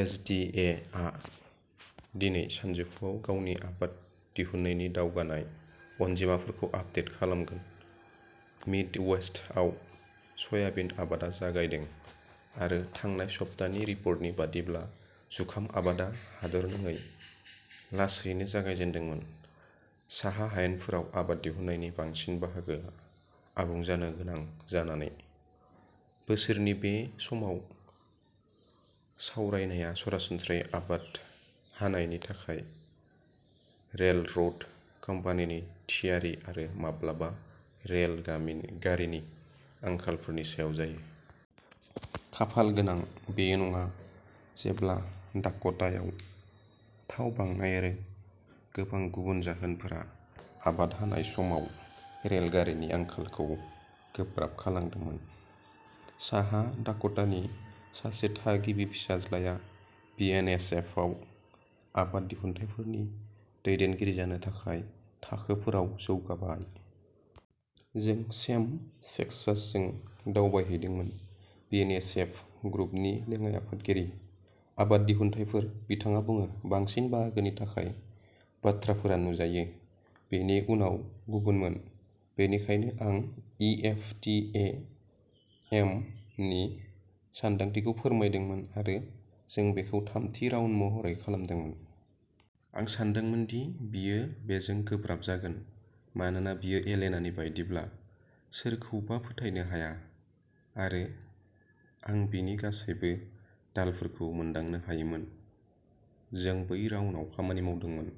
S. D. A. आ दिनै सानजौफुआव गावनि आबाद दिहुन्नायनि दावगानाय अनजिमाफोरखौ आपदेट खालामगोन। मिडवेस्टआव सयाबिन आबादा जागायदों, आरो थांनाय सप्तानि रिपर्टनि बायदिब्ला, जुखाम आबादा हादोरनाङै लासैनो जागायजेन्दोंमोन। साहा हायेनफोराव आबाद दिहुन्नायनि बांसिन बाहागोआ आबुं जानो गोनां जानानै, बोसोरनि बे समाव सावरायनाया सरासनस्रायै आबाद हानायनि थाखाय रेलरोड कम्पानिनि थियारि-आरो माब्लाबा-रेल गारिनि आंखालफोरनि सायाव जायो। खाफालगोनांै, बेयो नङा, जेब्ला डाक'टायाव थाव बांनाय-आरो गोबां गुबुन जाहोनफोरा-आबाद हानाय समाव रेल गारिनि आंखालखौ गोब्राब खालामदोंमोन। साहा डाक'टानि सासे थागिबि फिसाज्लाया बि. एन. एस. एफ. आव आबाद दिहुनथायफोरनि दैदेनगिरि जानो थाखाय थाखोफोराव जौगाबाय। जों सेम सेक्सासजों दावबायहैदोंमोन, बि. एन. एस. एफ. ग्रुपनि लेङाइ आफादगिरि, आबाद दिहुनथायफोर। बिथाङा बुङो, बांसिन बाहागोनि थाखाय, बाथ्राफोरा नुजायो। बेनि उनाव गुबुनमोन, बेनिखायनो आं E. F. T. E. M. नि सानदांथिखौ फोरमायदोंमोन आरो जों बेखौ थामथि राउन्ड महरै खालामदोंमोन। आं सान्दोंमोन दि बियो बेजों गोब्राब जागोन मानोना बियो एलिनानि बायदिब्ला सोरखौबा फोथायनो हाया आरो आं बिनि गासैबो ढालफोरखौ मोनदांनो हायोमोन। जों बै राउन्डआव खामानि मावदोंमोन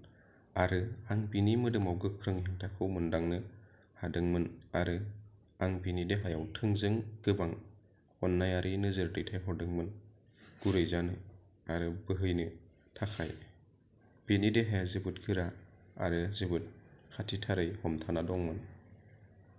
आरो आं बिनि मोदोमाव गोख्रों हेंथाखौ मोनदांनो हादोंमोन आरो आं बिनि देहायाव थोंजों गोबां अननायारि नोजोर दैथायहरदोंमोन गुरै जानो आरो बोहैनो थाखाय। बिनि देहाया जोबोद गोरा आरो जोबोद खाथिथारै हमथाना दंमोन।